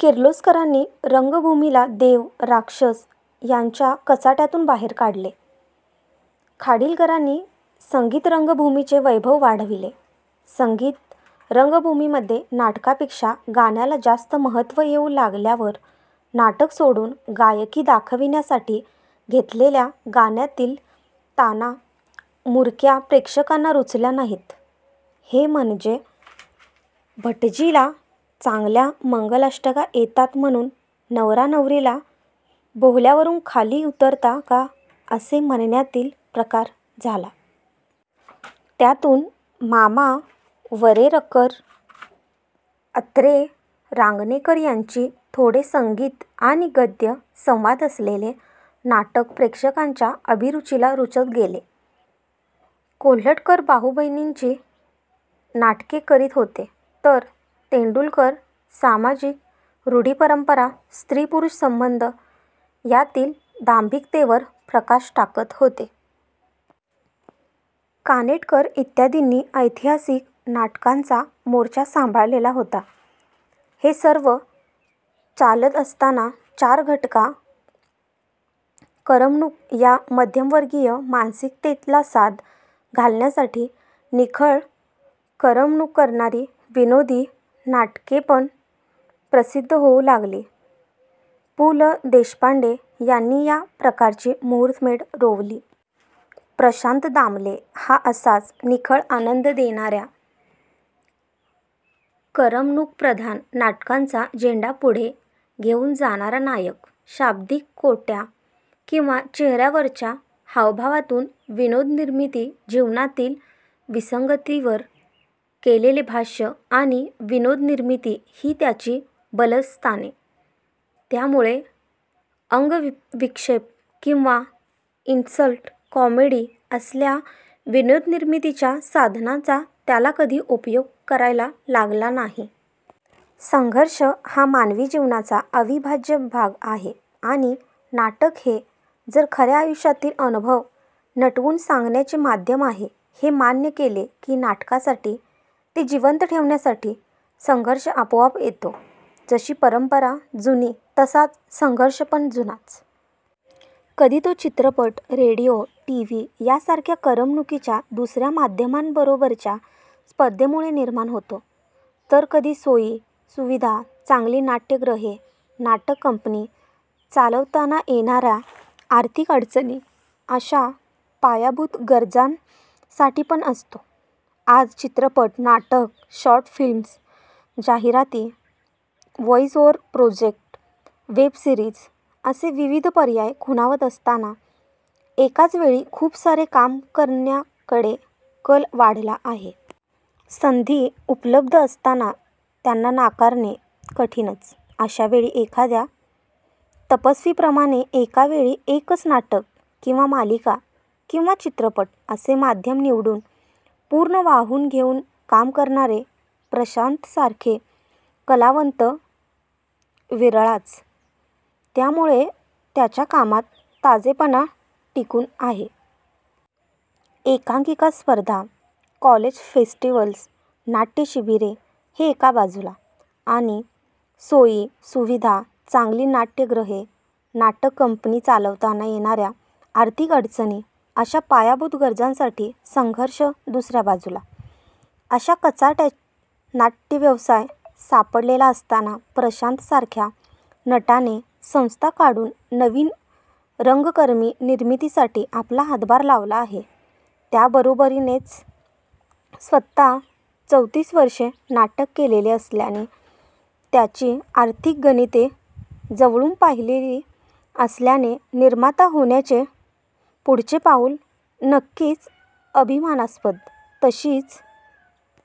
किर्लोस्करांनी रंगभूमीला देव, राक्षस यांच्या कचाट्यातून बाहेर काढले, खाडिलकरांनी संगीत रंगभूमीचे वैभव वाढविले. संगीत रंगभूमीमध्ये नाटकापेक्षा गाण्याला जास्त महत्त्व येऊ लागल्यावर, नाटक सोडून गायकी दाखविण्यासाठी घेतलेल्या गाण्यातील ताना, मुरक्या प्रेक्षकांना रुचल्या नाहीत. हे म्हणजे भटजीला चांगल्या मंगलाष्टका येतात म्हणून नवरा नवरीला बोहल्यावरून खाली उतरता का असे म्हणण्यातील प्रकार झाला. त्यातून मामा वरेरकर, अत्रे, रांगणेकर यांची थोडे संगीत आणि गद्य, संवाद असलेले नाटक प्रेक्षकांच्या अभिरुचीला रुचत गेले. कोल्हटकर भाऊ-बहिणीची नाटके करीत होते तर तेंडुलकर सामाजिक रूढी परंपरा, स्त्री पुरुष संबंध यातील दांभिकतेवर प्रकाश टाकत होते. कानेटकर इत्यादींनी ऐतिहासिक नाटकांचा मोर्चा सांभाळलेला होता. हे सर्व चालत असताना चार घटका करमणूक या मध्यमवर्गीय मानसिकतेला साद घालण्यासाठी निखळ करमणूक करणारी, विनोदी नाटकेपण प्रसिद्ध होऊ लागली. पु ल देशपांडे यांनी या प्रकारची मुहूर्तमेढ रोवली. प्रशांत दामले हा असाच निखळ आनंद देणाऱ्या करमणूकप्रधान नाटकांचा झेंडा पुढे घेऊन जाणारा नायक. शाब्दिक कोट्या किंवा चेहऱ्यावरच्या हावभावातून विनोदनिर्मिती, जीवनातील विसंगतीवर केलेले भाष्य आणि विनोदनिर्मिती ही त्याची बलस्थाने, त्यामुळे अंगविक्षेप किंवा इन्सल्ट कॉमेडी असल्या विनोदनिर्मितीच्या साधनांचा त्याला कधी उपयोग करायला लागला नाही. संघर्ष हा मानवी जीवनाचा अविभाज्य भाग आहे आणि नाटक हे जर खऱ्या आयुष्यातील अनुभव नटवून सांगण्याचे माध्यम आहे हे मान्य केले की नाटकासाठी, ते जिवंत ठेवण्यासाठी संघर्ष आपोआप येतो. जशी परंपरा जुनी तसाच संघर्षपण जुनाच. कधी तो चित्रपट, रेडिओ, टीव्ही यासारख्या करमणुकीच्या दुसऱ्या माध्यमांबरोबरच्या स्पर्धेमुळे निर्माण होतो, तर कधी सोयी, सुविधा, चांगली नाट्यगृहे, नाटक कंपनी चालवताना येणाऱ्या आर्थिक अडचणी अशा पायाभूत गरजांसाठीपण असतो. आज चित्रपट, नाटक, शॉर्ट फिल्म्स, जाहिराती, voice over project, web series असे विविध पर्याय खुणावत असताना एकाच वेळी खूप सारे काम करण्याकडे कल वाढला आहे. संधी उपलब्ध असताना त्यांना नाकारणे कठीणच, अशावेळी एखाद्या तपस्वीप्रमाणे एका वेळी एकच नाटक किंवा मालिका किंवा चित्रपट असे माध्यम निवडून पूर्ण वाहून घेऊन काम करणारे प्रशांतसारखे कलावंत विरळाच. त्यामुळे त्याच्या कामात ताजेपणा टिकून आहे. एकांकिका स्पर्धा, कॉलेज फेस्टिवल्स, नाट्य शिबिरे हे एका बाजूला आणि सोयी, सुविधा, चांगली नाट्यगृहे, नाटक कंपनी चालवताना येणाऱ्या आर्थिक अडचणी अशा पायाभूत गरजांसाठी संघर्ष दुसऱ्या बाजूला अशा कचाट्यात नाट्यव्यवसाय सापडलेला असताना प्रशांतसारख्या नटाने संस्था काढून नवीन रंगकर्मी निर्मितीसाठी आपला हातभार लावला आहे, त्याबरोबरीनेच स्वतः चौतीस वर्षे नाटक केलेले असल्याने त्याची आर्थिक गणिते जवळून पाहिलेली असल्याने निर्माता होण्याचे पुढचे पाऊल नक्कीच अभिमानास्पद. तशीच